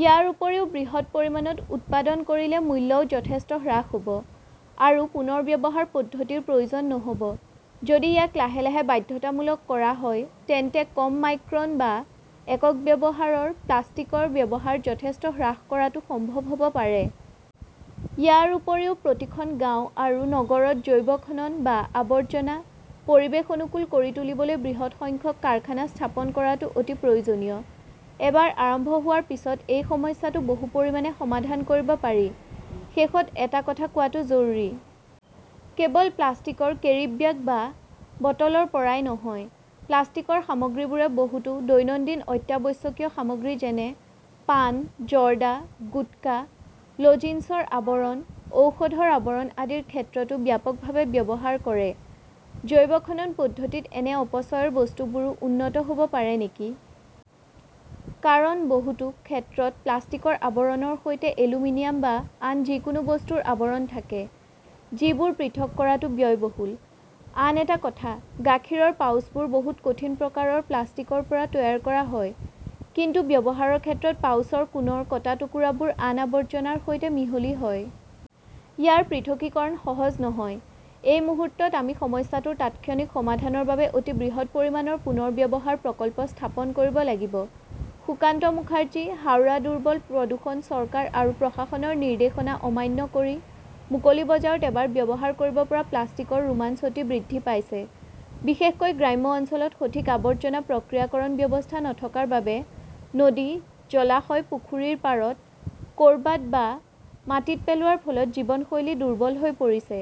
ইয়াৰ উপৰিও, বৃহৎ পৰিমাণত উৎপাদন কৰিলে মূল্যও যথেষ্ট হ্ৰাস হ "ব, আৰু পুনৰ্ব্যৱহাৰৰ পদ্ধতিৰ প্ৰয়োজন নহ" ব। যদি ইয়াক লাহে লাহে বাধ্যতামূলক কৰা হয় তেন্তে কম মাইক্ৰন বা 'একক ব্যৱহাৰৰ' প্লাষ্টিকৰ ব্যৱহাৰ যথেষ্ট হ্ৰাস কৰাটো সম্ভৱ হ 'ব পাৰে। ইয়াৰ উপৰিও প্ৰতিখন গাঁৱ আৰু নগৰত 'জৈৱ-খনন "বা আৱৰ্জনা পৰিৱেশ অনুকূল কৰি তুলিবলৈ বৃহৎ সংখ্যক কাৰখানা স্থাপন কৰাটো অতি প্ৰয়োজনীয়। এবাৰ আৰম্ভ হোৱাৰ পিছত এই সমস্যাটো বহু পৰিমাণে সমাধান কৰিব পাৰি। শেষত এটা কথা কোৱাটো জৰুৰী। কেৱল প্লাষ্টিকৰ কেৰিব্যাগ বা বটলৰ পৰাই নহয়, প্লাষ্টিকৰ সামগ্ৰীবোৰে বহুতো দৈনন্দিন অত্যাৱশ্যকীয় সামগ্ৰী যেনে পান, জৰ্দা, গুটকা, লজিন্সৰ আৱৰণ, ঔষধৰ আৱৰণ আদিৰ ক্ষেত্ৰতো ব্যাপকভাৱে ব্যৱহাৰ কৰে। জৈৱ খনন পদ্ধতিত এনে অপচয়কৰ বস্তুবোৰো উন্নত হ "ব পাৰে নেকি? কাৰণ, বহুতো ক্ষেত্ৰত প্লাষ্টিকৰ আৱৰণৰ সৈতে এলুমিনিয়াম বা আন যিকোনো বস্তুৰ আৱৰণ থাকে, যিবোৰ পৃথক কৰাটো ব্যয়বহুল। আন এটা কথা-গাখীৰৰ পাউচবোৰ বহুতো কঠিন প্ৰকাৰৰ প্লাষ্টিকৰ পৰা তৈয়াৰ কৰা হয়, কিন্তু ব্যৱহাৰৰ ক্ষেত্ৰত পাউচৰ কোণৰ কটা টুকুৰাবোৰ আন আৱৰ্জনাৰ সৈতে মিহলি হয়। ইয়াৰ পৃথকীকৰণ সহজ নহয়। এই মুহূৰ্তত আমি সমস্যাটোৰ তাৎক্ষণিক সমাধানৰ বাবে অতি বৃহৎ পৰিমাণৰ পুনৰ্ব্যৱহাৰ প্ৰকল্প স্থাপন কৰিব লাগিব। সুকান্ত মুখাৰ্জী, হাওৰা দুৰ্বল প্ৰদূষণ চৰকাৰ আৰু প্ৰশাসনৰ নিৰ্দেশনা অমান্য কৰি মুকলি বজাৰত এবাৰ ব্যৱহাৰ কৰিব পৰা প্লাষ্টিকৰ ৰোমাঞ্চ বৃদ্ধি পাইছে, বিশেষকৈ গ্ৰাম্য অঞ্চলত সঠিক আৱৰ্জনা প্ৰক্ৰিয়াকৰণ ব্যৱস্থা নথকাৰ বাবে নদী, জলাশয়, পুখুৰীৰ পাৰত, ক 'ৰবাত বা মাটিত পেলোৱাৰ ফলত জীৱনশৈলী দুৰ্বল হৈ পৰিছে।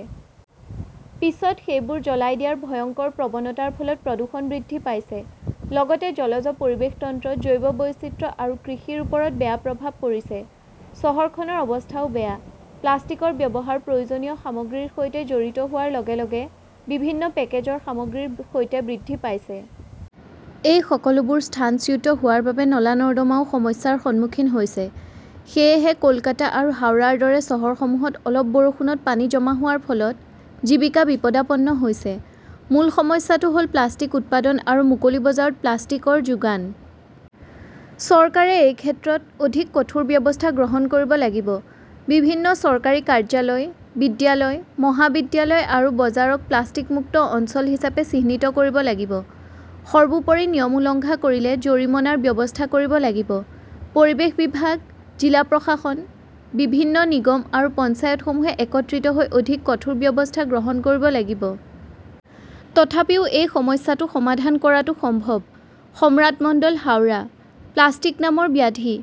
পিছত সেইবোৰ জ্বলাই দিয়াৰ ভয়ংকৰ প্ৰৱণতাৰ ফলত প্ৰদূষণ বৃদ্ধি পাইছে, লগতে জলজ পৰিৱেশ তন্ত্ৰ, জৈৱ বৈচিত্ৰ্য আৰু কৃষিৰ ওপৰত বেয়া প্ৰভাৱ পৰিছে। চহৰখনৰ অৱস্থাও বেয়া, প্লাষ্টিকৰ ব্যৱহাৰ প্ৰয়োজনীয় সামগ্ৰীৰ সৈতে জড়িত হোৱাৰ লগে লগে বিভিন্ন পেকেজৰ সামগ্ৰীৰ সৈতে বৃদ্ধি পাইছে। এই সকলোবোৰ স্থানচ্যুত হোৱাৰ বাবে নলা-নৰ্দমাও সমস্যাৰ সন্মুখীন হৈছে। সেয়েহে কলকাতা আৰু হাওৰাৰ দৰে চহৰসমূহত অলপ বৰষুণত পানী জমা হোৱাৰ ফলত জীৱিকা বিপদাপন্ন হৈছে। মূল সমস্যাটো হ "ল প্লাষ্টিক উৎপাদন আৰু মুকলি বজাৰত প্লাষ্টিকৰ যোগান। চৰকাৰে এই ক্ষেত্ৰত অধিক কঠোৰ ব্যৱস্থা গ্ৰহণ কৰিব লাগিব। বিভিন্ন চৰকাৰী কাৰ্যালয়, বিদ্যালয়, মহাবিদ্যালয় আৰু বজাৰক প্লাষ্টিক মুক্ত অঞ্চল হিচাপে চিহ্নিত কৰিব লাগিব। সৰ্বোপৰি, নিয়ম উলংঘা কৰিলে জৰিমনাৰ ব্যৱস্থা কৰিব লাগিব। পৰিৱেশ বিভাগ, জিলা প্ৰশাসন, বিভিন্ন নিগম আৰু পঞ্চায়তসমূহে একত্ৰিত হৈ অধিক কঠোৰ ব্যৱস্থা গ্ৰহণ কৰিব লাগিব। তথাপিও এই সমস্যাটো সমাধান কৰাটো সম্ভৱ। সম্ৰাট মণ্ডল, হাওৰা। প্লাষ্টিক নামৰ ব্যাধি